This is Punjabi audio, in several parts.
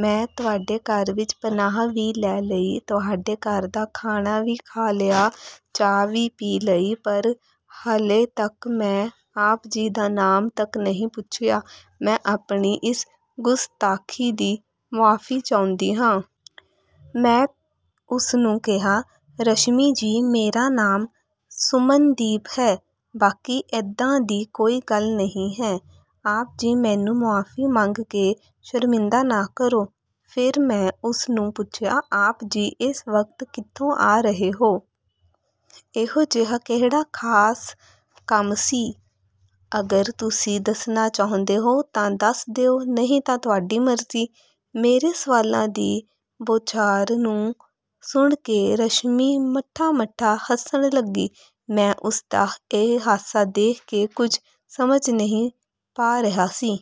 ਮੈਂ ਤੁਹਾਡੇ ਘਰ ਵਿੱਚ ਪਨਾਹ ਵੀ ਲੈ ਲਈ, ਤੁਹਾਡੇ ਘਰ ਦਾ ਖਾਣਾ ਵੀ ਖਾ ਲਿਆ, ਚਾਹ ਵੀ ਪੀ ਲਈ, ਪਰ ਹਾਲੇ ਤੱਕ ਮੈਂ ਆਪ ਜੀ ਦਾ ਨਾਮ ਤੱਕ ਨਹੀਂ ਪੁੱਛਿਆ। ਮੈਂ ਆਪਣੀ ਇਸ ਗੁਸਤਾਖੀ ਦੀ ਮੁਆਫ਼ੀ ਚਾਹੁੰਦੀ ਹਾਂ।" ਮੈਂ ਉਸਨੂੰ ਕਿਹਾ, "ਰਸ਼ਮੀ ਜੀ, ਮੇਰਾ ਨਾਮ ਸੁਮਨਦੀਪ ਹੈ। ਬਾਕੀ ਇੱਦਾਂ ਦੀ ਕੋਈ ਗੱਲ ਨਹੀਂ ਹੈ। ਆਪ ਜੀ ਮੈਨੂੰ ਮੁਆਫ਼ੀ ਮੰਗ ਕੇ ਸ਼ਰਮਿੰਦਾ ਨਾ ਕਰੋ।" ਫਿਰ ਮੈਂ ਉਸਨੂੰ ਪੁੱਛਿਆ, "ਆਪ ਜੀ ਇਸ ਵਕਤ ਕਿੱਥੋਂ ਆ ਰਹੇ ਹੋ? ਇਹੋ ਜਿਹਾ ਕਿਹੜਾ ਖ਼ਾਸ ਕੰਮ ਸੀ? ਅਗਰ ਤੁਸੀਂ ਦੱਸਣਾ ਚਾਹੁੰਦੇ ਹੋ ਤਾਂ ਦੱਸ ਦਿਓ, ਨਹੀਂ ਤਾਂ ਤੁਹਾਡੀ ਮਰਜ਼ੀ।" ਮੇਰੇ ਸਵਾਲਾਂ ਦੀ ਬੌਛਾਰ ਨੂੰ ਸੁਣ ਕੇ ਰਸ਼ਮੀ ਮੱਠਾ-ਮੱਠਾ ਹੱਸਣ ਲੱਗੀ। ਮੈਂ ਉਸਦਾ ਇਹ ਹਾਸਾ ਦੇਖ ਕੇ ਕੁਝ ਸਮਝ ਨਹੀਂ ਪਾ ਰਿਹਾ ਸੀ।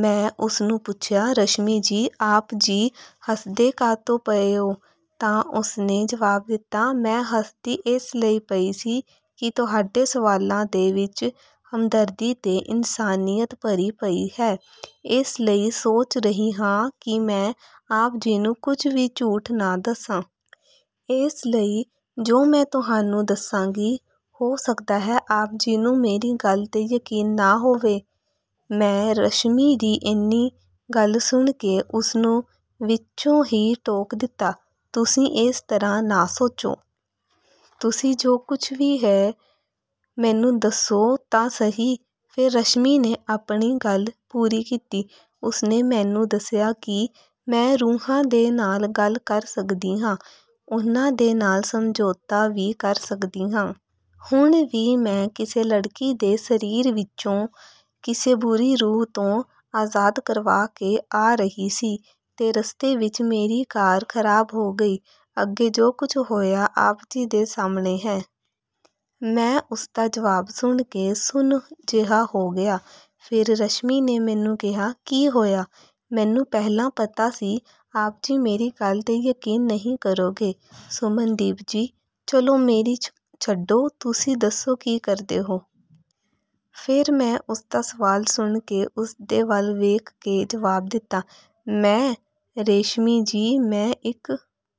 ਮੈਂ ਉਸਨੂੰ ਪੁੱਛਿਆ, "ਰਸ਼ਮੀ ਜੀ, ਆਪ ਜੀ ਹੱਸਦੇ ਕਾਹਤੋਂ ਪਏ ਹੋ?" ਤਾਂ ਉਸਨੇ ਜਵਾਬ ਦਿੱਤਾ, "ਮੈਂ ਹੱਸਦੀ ਇਸ ਲਈ ਪਈ ਸੀ ਕਿ ਤੁਹਾਡੇ ਸਵਾਲਾਂ ਦੇ ਵਿੱਚ ਹਮਦਰਦੀ ਤੇ ਇਨਸਾਨੀਅਤ ਭਰੀ ਪਈ ਹੈ। ਇਸ ਲਈ ਸੋਚ ਰਹੀ ਹਾਂ ਕਿ ਮੈਂ ਆਪ ਜੀ ਨੂੰ ਕੁਝ ਵੀ ਝੂਠ ਨਾ ਦੱਸਾਂ। ਇਸ ਲਈ ਜੋ ਮੈਂ ਤੁਹਾਨੂੰ ਦੱਸਾਂਗੀ, ਹੋ ਸਕਦਾ ਹੈ ਆਪ ਜੀ ਨੂੰ ਮੇਰੀ ਗੱਲ 'ਤੇ ਯਕੀਨ ਨਾ ਹੋਵੇ।" ਮੈਂ ਰਸ਼ਮੀ ਦੀ ਇੰਨੀ ਗੱਲ ਸੁਣ ਕੇ ਉਸਨੂੰ ਵਿੱਚੋਂ ਹੀ ਟੋਕ ਦਿੱਤਾ, "ਤੁਸੀਂ ਇਸ ਤਰ੍ਹਾਂ ਨਾ ਸੋਚੋ। ਤੁਸੀਂ ਜੋ ਕੁਝ ਵੀ ਹੈ, ਮੈਨੂੰ ਦੱਸੋ ਤਾਂ ਸਹੀ।" ਫਿਰ ਰਸ਼ਮੀ ਨੇ ਆਪਣੀ ਗੱਲ ਪੂਰੀ ਕੀਤੀ। ਉਸਨੇ ਮੈਨੂੰ ਦੱਸਿਆ, "ਕੀ ਮੈਂ ਰੂਹਾਂ ਦੇ ਨਾਲ ਗੱਲ ਕਰ ਸਕਦੀ ਹਾਂ। ਉਹਨਾਂ ਦੇ ਨਾਲ ਸਮਝੌਤਾ ਵੀ ਕਰ ਸਕਦੀ ਹਾਂ। ਹੁਣ ਵੀ ਮੈਂ ਕਿਸੇ ਲੜਕੀ ਦੇ ਸਰੀਰ ਵਿੱਚੋਂ ਕਿਸੇ ਬੁਰੀ ਰੂਹ ਤੋਂ ਆਜ਼ਾਦ ਕਰਵਾ ਕੇ ਆ ਰਹੀ ਸੀ ਤੇ ਰਸਤੇ ਵਿੱਚ ਮੇਰੀ ਕਾਰ ਖ਼ਰਾਬ ਹੋ ਗਈ। ਅੱਗੇ ਜੋ ਕੁਝ ਹੋਇਆ, ਆਪ ਜੀ ਦੇ ਸਾਹਮਣੇ ਹੈ।" ਮੈਂ ਉਸਦਾ ਜਵਾਬ ਸੁਣ ਕੇ ਸੁੰਨ ਜਿਹਾ ਹੋ ਗਿਆ। ਫਿਰ ਰਸ਼ਮੀ ਨੇ ਮੈਨੂੰ ਕਿਹਾ, "ਕੀ ਹੋਇਆ? ਮੈਨੂੰ ਪਹਿਲਾਂ ਪਤਾ ਸੀ ਆਪ ਜੀ ਮੇਰੀ ਗੱਲ 'ਤੇ ਯਕੀਨ ਨਹੀਂ ਕਰੋਗੇ, ਸੁਮਨਦੀਪ ਜੀ। ਚਲੋ, ਮੇਰੀ ਛੱਡੋ, ਤੁਸੀਂ ਦੱਸੋ ਕਿ ਕਰਦੇ ਹੋ?" ਫਿਰ ਮੈਂ ਉਸਦਾ ਸਵਾਲ ਸੁਣ ਕੇ ਉਸਦੇ ਵੱਲ ਵੇਖ ਕੇ ਜਵਾਬ ਦਿੱਤਾ, "ਮੈਂ… ਰੇਸ਼ਮੀ ਜੀ, ਮੈਂ ਇੱਕ--